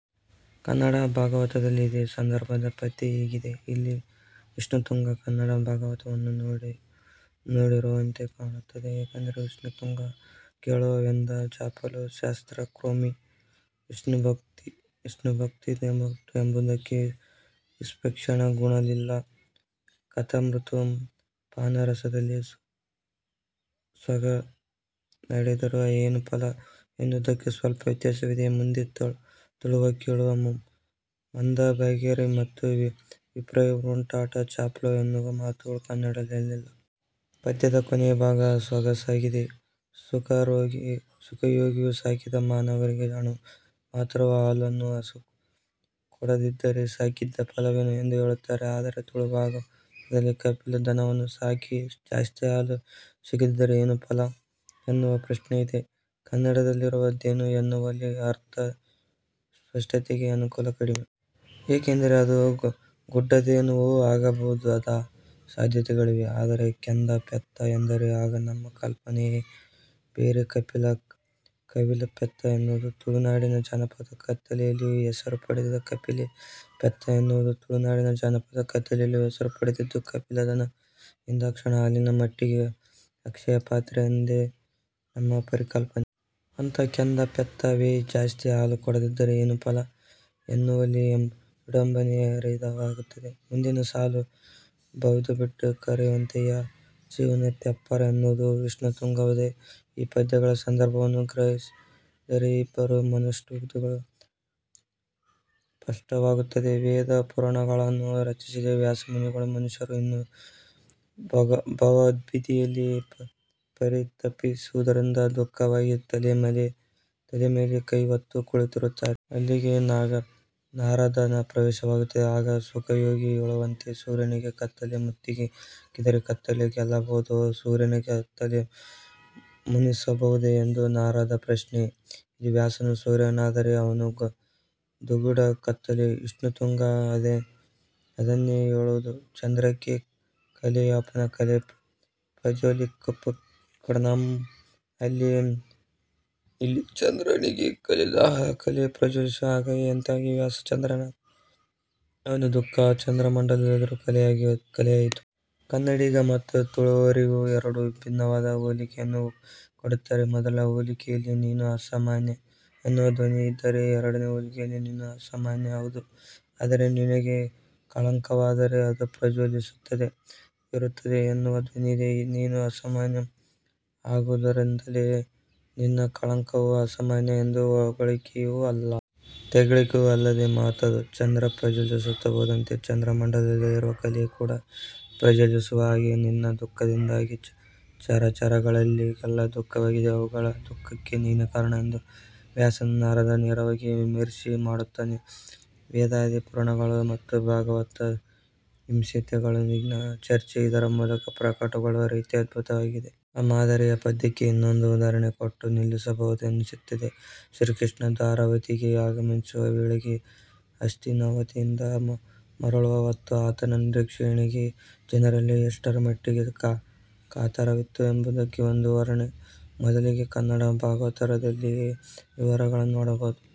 ಕನ್ನಡ ಭಾಗವತದಲ್ಲಿ ಇದೇ ಸಂದರ್ಭದ ಪದ್ಯ ಹೀಗಿದೆ. ಇಲ್ಲಿ ವಿಷ್ಣುತುಂಗ ಕನ್ನಡ ಭಾಗವತವನ್ನು ನೋಡಿಯೂ ನೋಡದವರಂತೆ ಕಾಣುತ್ತಾನೆ. ಏಕೆಂದರೆ ವಿಷ್ಣು ತುಂಗ ಕೇಳುವ 'ವೆಂದ್ ಜಾಫಲೊ ಶಾಸ್ತ್ರಕರ್ಮೊಮಿ ವಿಷ್ಣುಭಕ್ತಿದನೆಪ್ಪುಟಾ ಎಂಬುದಕ್ಕೂ ವಿಷ್ಪಕ್ಷೇನ ಗುಣಲೀಲಾ ಕಥಾಮೃತ ಪಾನರಸದಲಿ ಸೊಗಸನುತ್ಪಾದಿಸಲು ನೆರೆಯದೆಡೆ-ಏನು ಫಲ ಎನ್ನುವುದಕ್ಕೂ ಸ್ವಲ್ಪ ವ್ಯತ್ಯಾಸವಿದೆ. ಮುಂದೆ ತುಳುವ ಕೇಳುವ ಮಂದಭಾಗೈರ್ ಮತ್ತು ವಿಪ್ರೆರಾವುಂಟ ಜಾಫಲೋ ಎನ್ನುವ ಮಾತುಗಳು ಕನ್ನಡದಲ್ಲಿಲ್ಲ. ಪದ್ಯದ ಕೊನೆಯ ಭಾಗ ಸೊಗಸಾಗಿದೆ. ಶುಕಯೋಗಿಯು ಸಾಕಿದ ಮಾನವರಿಗೆ ಅಣು ಮಾತ್ರವೂ ಹಾಲನ್ನೂ ಹಸು ಕೊಡದಿದ್ದರೆ ಸಾಕಿದ್ದಕ್ಕೆ ಫಲವೇನು ಎಂದು ಕೇಳುತ್ತಾನೆ. ಆದರೆ ತುಳುಭಾಗವತದಲ್ಲಿ 'ಕಪಿಲೆ ದನವನ್ನು ಸಾಕಿ ಜಾಸ್ತಿ ಹಾಲು ಸಿಗದಿದ್ದರೆ ಏನು ಫಲ? ಎನ್ನುವ ಪ್ರಶ್ನೆಯಿದೆ. ಕನ್ನಡದಲ್ಲಿರುವ 'ಧೇನು' ಎನ್ನುವಲ್ಲಿ ಅರ್ಥ ಸ್ಪಷ್ಟತೆಗೆ ಅನುಕೂಲ ಕಡಿಮೆ. ಏಕೆಂದರೆ ಅದು 'ಗೊಡ್ಡುಧೇನು'ವೂ ಆಗಬಹುದಾದ ಸಾಧ್ಯತೆಗಳಿವೆ. ಆದರೆ 'ಕೆಂದ ಪೆತ್ತ' ಎಂದರೆ ಆಗ ನಮ್ಮ ಕಲ್ಪನೆಯೇ ಬೇರೆ 'ಕಪಿಲೆ', 'ಕವಿಲ್ತಿಪೆತ್ತ' ಎನ್ನುವುದು ತುಳುನಾಡಿನ ಜಾನಪದ ಕತೆಯಲ್ಲಿಯೂ ಹೆಸರು ಪಡೆದುದು. 'ಕಪಿಲೆ ಪೆತ್ತ' ಎನ್ನುವುದು ತುಳುನಾಡಿನ ಜಾನಪದ ಕತೆಯಲ್ಲಿಯೂ ಹೆಸರು ಪಡೆದುದು. 'ಕಪಿಲೆದನ' ಎಂದಾಕ್ಷಣ ಹಾಲಿನ ಮಟ್ಟಿಗೆ ಅಕ್ಷಯಪಾತ್ರೆ ಎಂದೇ ನಮ್ಮ ಪರಿಕಲ್ಪನೆ. ಅಂತಹ 'ಕೆಂದ ಪೆತ್ತ' ವೇ ಜಾಸ್ತಿ ಹಾಲು ಕೊಡದಿದ್ದರೆ ಏನು ಫಲ? ಎನ್ನುವಲ್ಲಿ ವಿಡಂಬನೆ ಹರಿತವಾಗುತ್ತದೆ. ಮುಂದಿನ ಸಾಲು 'ಭವಾಬ್ದೀಟೇ ಕರೆಯಂತ್ಯ ಚೂವನತೇಪ್ಪರ್' ಎನ್ನುವುದೂ ವಿಷ್ಣುತುಂಗನದೇ. ಈ ಪದ್ಯಗಳ ಸಂದರ್ಭವನ್ನು ಗ್ರಹಿಸಿದರೆ ಇಬ್ಬರ ಮನೋದೃಷ್ಟಿಗಳು ಸ್ಪಷ್ಟವಾಗುತ್ತವೆ. ವೇದಾದಿಪುರಾಣಗಳನ್ನು ರಚಿಸಿದ ವ್ಯಾಸಮುನಿಗೆ ಮನುಷ್ಯರು ಇನ್ನೂ ಭವಾಬ್ಧಿಯಲ್ಲಿ ಪರಿತಪಿಸುವುದರಿಂದ ದುಃಖವಾಗಿ ತಲೆ ಮೇಲೆ ಕೈ ಹೊತ್ತು ಕುಳಿತಿರುತ್ತಾನೆ. ಅಲ್ಲಿಗೆ ನಾರದನ ಪ್ರವೇಶವಾಗುತ್ತದೆ. ಆಗ ಶುಕಯೋಗಿ ಹೇಳುವಂತೆ 'ಸೂರ್ಯನಿಗೆ ಕತ್ತಲೆ ಮುತ್ತಿಗೆ ಹಾಕಿದರೆ ಕತ್ತಲೆ ಗೆಲ್ಲಬಹುದೋ''ಸೂರ್ಯನನ್ನೇ ಕತ್ತಲೆ ಮುಸುಕಬಹುದೇ ಎಂದು ನಾರದನ ಪ್ರಶ್ನೆ. ಇಲ್ಲಿ ವ್ಯಾಸನು ಸೂರ್ಯನಾದರೆ ಅವನು ದುಗುಡ ಕತ್ತಲೆ. ವಿಷ್ಣು ತುಂಗ ಅದನ್ನೇ ಹೇಳುವುದು ಚಂದ್ರಕೇ ಕಲೆಯಾವಪಾ ಕಲೆ ಪ್ರಜ್ವಲೀಪುಕ್ ಣಂದೊಮೆ' ಇಲ್ಲಿ ಚಂದ್ರನಿಗೇ ಕಲೆಯಾದರೆ ಆ ಕಲೆ ಪ್ರಜ್ವಲಿಸುವ ಹಾಗೆ ಎಂದಾಗಿ ವ್ಯಾಸ ಚಂದ್ರನಾದ ಅವನ ದುಃಖ ಆ ಚಂದ್ರಮಂಡದಲ್ಲಿರುವ ಕಲೆಯಾಯಿತು. ಕನ್ನಡಿಗ ಮತ್ತು ತುಳುವರೀರ್ವರು ಎರಡು ಭಿನ್ನವಾದ ಹೋಲಿಕೆಯನ್ನು ಕೊಡುತ್ತಾರೆ. ಮೊದಲಿನ ಹೋಲಿಕೆಯಲ್ಲಿ ನೀನು ಅಸಾಮಾನ್ಯ ಎನ್ನುವ ಧ್ವನಿಯಿದ್ದರೆ ಎರಡನೇ ಹೋಲಿಕೆಯಲ್ಲಿ ನೀನು ಅಸಾಮಾನ್ಯ ಹೌದು. ಆದರೆ ನಿನಗೆ ಕಳಂಕವಾದರೆ ಅದು ಪ್ರಜ್ವಲಿಸುತ್ತಲೇ ಇರುತ್ತದೆ ಎನ್ನುವ ಧ್ವನಿಯಿದೆ. ನೀನು ಅಸಾಮಾನ್ಯ, ಹಾಗಾದುದರಿಂದಲೇ ನಿನ್ನ ಕಳಂಕವೂ ಅಸಾಮಾನ್ಯ ಎಂದು ಹೊಗಳಿಕೆಯೂ ಅಲ್ಲ. ತೆಗಳಿಕೆಯೂ ಅಲ್ಲದ ಮಾತದು. ಚಂದ್ರ ಪ್ರಜ್ವಲಿಸುತ್ತಾ ಹೋದಂತೆ ಚಂದ್ರಮಂಡಲದಲ್ಲಿರುವ ಕಲೆ ಕೂಡಾ ಪ್ರಜ್ವಲಿಸುವ ಹಾಗೆ ನಿನ್ನ ದುಃಖದಿಂದಾಗಿ ಚರಾಚರಗಳಿಗೆಲ್ಲ ದುಃಖವಾಗಿದೆ. ಅವುಗಳ ದುಃಖಕ್ಕೆ ನೀನೇ ಕಾರಣ ಎಂದು ವ್ಯಾಸನನ್ನು ನಾರದ ನೇರವಾಗಿ ವಿಮರ್ಶೆ ಮಾಡುತ್ತಾನೆ. ವೇದಾದಿ ಪುರಾಣಗಳ ಮತ್ತು ಭಾಗವತ ಸಂಹಿತೆಗಳೊಳಗಿನ ಚರ್ಚೆ ಇದರ ಮೂಲಕ ಪ್ರಕಟಗೊಳ್ಳುವ ರೀತಿ ಅದ್ಭುತವಾಗಿದೆ. ಈ ಮಾದರಿಯ ಪದ್ಯಕ್ಕೆ ಇನ್ನೊಂದೇ ಉದಾಹರಣೆ ಕೊಟ್ಟು ನಿಲ್ಲಿಸಬಹುದೆನಿಸುತ್ತದೆ. ಶ್ರೀ ಕೃಷ್ಣ ದ್ವಾರಾವತಿಗೆ ಆಗಮಿಸುವ ವೇಳೆಗೆ ಹಸ್ತಿನಾವತಿಯಿಂದ ಮರಳುವ ಹೊತ್ತ ಆತನ ನಿರೀಕ್ಷಣೆಗೆ ಜನರಲ್ಲಿ ಎಷ್ಟರಮಟ್ಟಿಗೆ ಕಾತರವಿತ್ತು ಎಂಬುದಕ್ಕೆ ಒಂದು ವರ್ಣನೆ. ಮೊದಲಿಗೆ ಕನ್ನಡ ಭಾಗವತದಲ್ಲಿಯ ವಿವರಗಳನ್ನು ನೋಡಬಹುದು.